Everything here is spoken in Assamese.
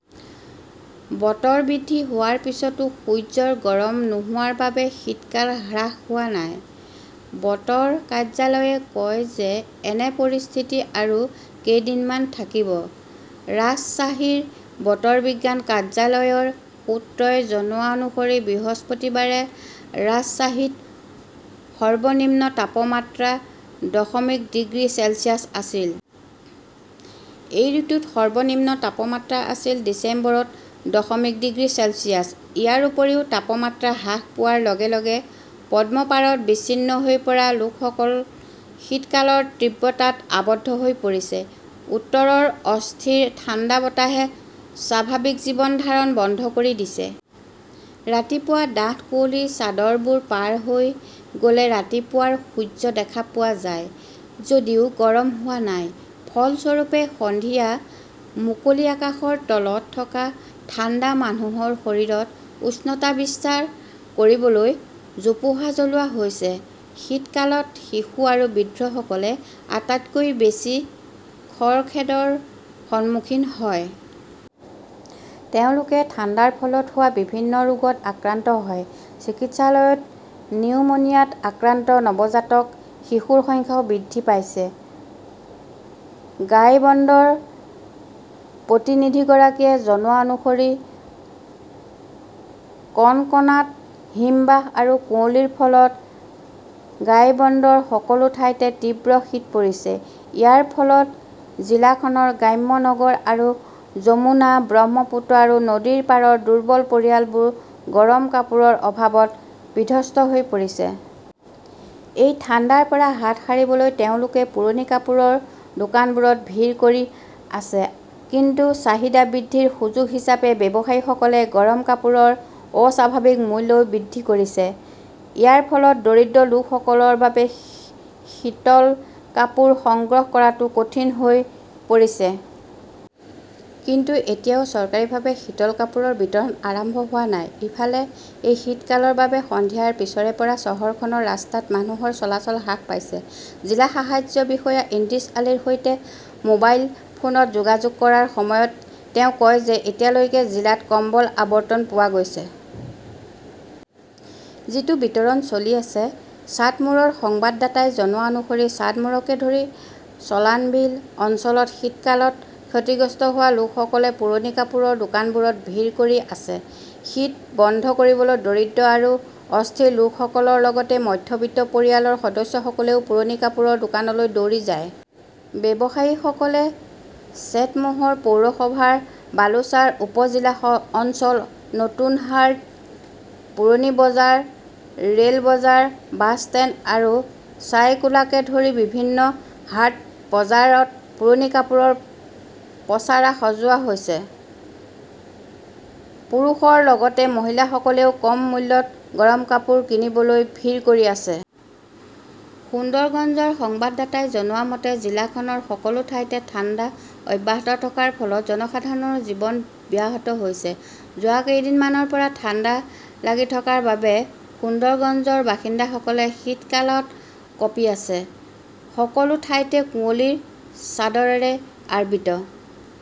বতৰ বৃদ্ধি হোৱাৰ পিছতো, সূৰ্যৰ গৰম নোহোৱাৰ বাবে শীতকাল হ্ৰাস হোৱা নাই। বতৰ কাৰ্যালয়ে কয় যে এনে পৰিস্থিতি আৰু কেইদিনমান থাকিব। ৰাজশ্বাহীৰ বতৰ বিজ্ঞান কাৰ্যালয়ৰ সূত্ৰই জনোৱা অনুসৰি বৃহস্পতিবাৰে ৰাজশ্বাহীত সৰ্বনিম্ন তাপমাত্ৰা দশমিক ডিগ্ৰী চেলছিয়াছ আছিল। এই ঋতুত সৰ্বনিম্ন তাপমাত্ৰা আছিল ডিচেম্বৰত দশমিক ডিগ্ৰী চেলছিয়াছ। ইয়াৰ উপৰিও তাপমাত্ৰা হ্ৰাস পোৱাৰ লগে লগে পদ্মপাৰত বিচ্ছিন্ন হৈ পৰা লোকসকল শীতকালৰ তীব্ৰতাত আৱদ্ধ হৈ পৰিছে। উত্তৰৰ অস্থিৰ ঠাণ্ডা বতাহে স্বাভাৱিক জীৱন ধাৰণ বন্ধ কৰি দিছে। ৰাতিপুৱা ডাঠ কুঁৱলীৰ চাদৰবোৰ পাৰ হৈ গ "লে ৰাতিপুৱাৰ সূৰ্য দেখা পোৱা যায় যদিও গৰম হোৱা নাই। ফলস্বৰূপে, সন্ধিয়া মুকলি আকাশৰ তলত থকা ঠাণ্ডা মানুহৰ শৰীৰত উষ্ণতা বিস্তাৰ কৰিবলৈ জোপোহা জ্বলোৱা হৈছে। শীতকালত শিশু আৰু বৃদ্ধসকলে আটাইতকৈ বেছি খৰখেদৰ সন্মুখীন হয়। তেওঁলোকে ঠাণ্ডাৰ ফলত হোৱা বিভিন্ন ৰোগত আক্ৰান্ত হয়। চিকিৎসালয়ত নিউমোনিয়াত আক্ৰান্ত নৱজাতক শিশুৰ সংখ্যাও বৃদ্ধি পাইছে। গাইবন্দৰ প্ৰতিনিধিগৰাকীয়ে জনোৱা অনুসৰি কনকনাত হিমবাহ আৰু কুঁৱলীৰ ফলত গাইবন্দৰ সকলো ঠাইতে তীব্ৰ শীত পৰিছে। ইয়াৰ ফলত জিলাখনৰ গ্ৰাম্য নগৰ আৰু যমুনা, ব্ৰহ্মপুত্ৰ আৰু নদীৰ পাৰৰ দুৰ্বল পৰিয়ালবোৰ গৰম কাপোৰৰ অভাৱত বিধ্বস্ত হৈ পৰিছে। এই ঠাণ্ডাৰ পৰা হাত সাৰিবলৈ তেওঁলোকে পুৰণি কাপোৰৰ দোকানবোৰত ভিৰ কৰি আছে। কিন্তু চাহিদা বৃদ্ধিৰ সুযোগ হিচাপে ব্যৱসায়ীসকলে গৰম কাপোৰৰ অস্বাভাৱিক মূল্যও বৃদ্ধি কৰিছে। ইয়াৰ ফলত দৰিদ্ৰ লোকসকলৰ বাবে শীতল কাপোৰ সংগ্ৰহ কৰাটো কঠিন হৈ পৰিছে। কিন্তু এতিয়াও চৰকাৰীভাৱে শীতল কাপোৰৰ বিতৰণ আৰম্ভ হোৱা নাই। ইফালে, এই শীতকালৰ বাবে সন্ধিয়াৰ পিছৰে পৰা চহৰখনৰ ৰাস্তাত মানুহৰ চলাচল হ্ৰাস পাইছে। জিলা সাহায্য বিষয়া ইদ্ৰিছ আলীৰ সৈতে মোবাইল ফোনত যোগাযোগ কৰাৰ সময়ত তেওঁ কয় যে এতিয়ালৈকে জিলাত কম্বল আবণ্টন পোৱা গৈছে। যিটো বিতৰণ চলি আছে। চাটমোৰ ৰ সংবাদদাতাই জনোৱা অনুসৰি চাটমোৰকে ধৰি চলানবিল অঞ্চলত শীতকালত ক্ষতিগ্ৰস্ত হোৱা লোকসকলে পুৰণি কাপোৰৰ দোকানবোৰত ভিৰ কৰি আছে। শীত বন্ধ কৰিবলৈ দৰিদ্ৰ আৰু অস্থিৰ লোকসকলৰ লগতে মধ্যবিত্ত পৰিয়ালৰ সদস্যসকলে পুৰণি কাপোৰৰ দোকানলৈ দৌৰি যায়। ব্যৱসায়ীসকলে চেটমোহৰ পৌৰসভাৰ বালুচাৰ, উপ-জিলা অঞ্চল, নতুন হাট, পুৰণি বজাৰ, ৰে "ল বজাৰ, বাছ ষ্টেণ্ড আৰু ছাইকোলাকে ধৰি বিভিন্ন হাট বজাৰত পুৰণি কাপোৰৰ পছাৰা সজোৱা হৈছে। পুৰুষৰ লগতে মহিলাসকলেও কম মূল্যত গৰম কাপোৰ কিনিবলৈ ভিৰ কৰি আছে। সুন্দৰগঞ্জ ৰ সংবাদদাতাই জনোৱা মতে, জিলাখনৰ সকলো ঠাইতে ঠাণ্ডা অব্যাহত থকাৰ ফলত জনসাধাৰণৰ জীৱন ব্যাহত হৈছে। যোৱা কেইদিনমানৰ পৰা ঠাণ্ডা লাগি থকাৰ বাবে সুন্দৰগঞ্জৰ বাসিন্দাসকলে শীতকালত কঁপি আছে। সকলো ঠাইতে কুঁৱলীৰ চাদৰেৰে আবৃত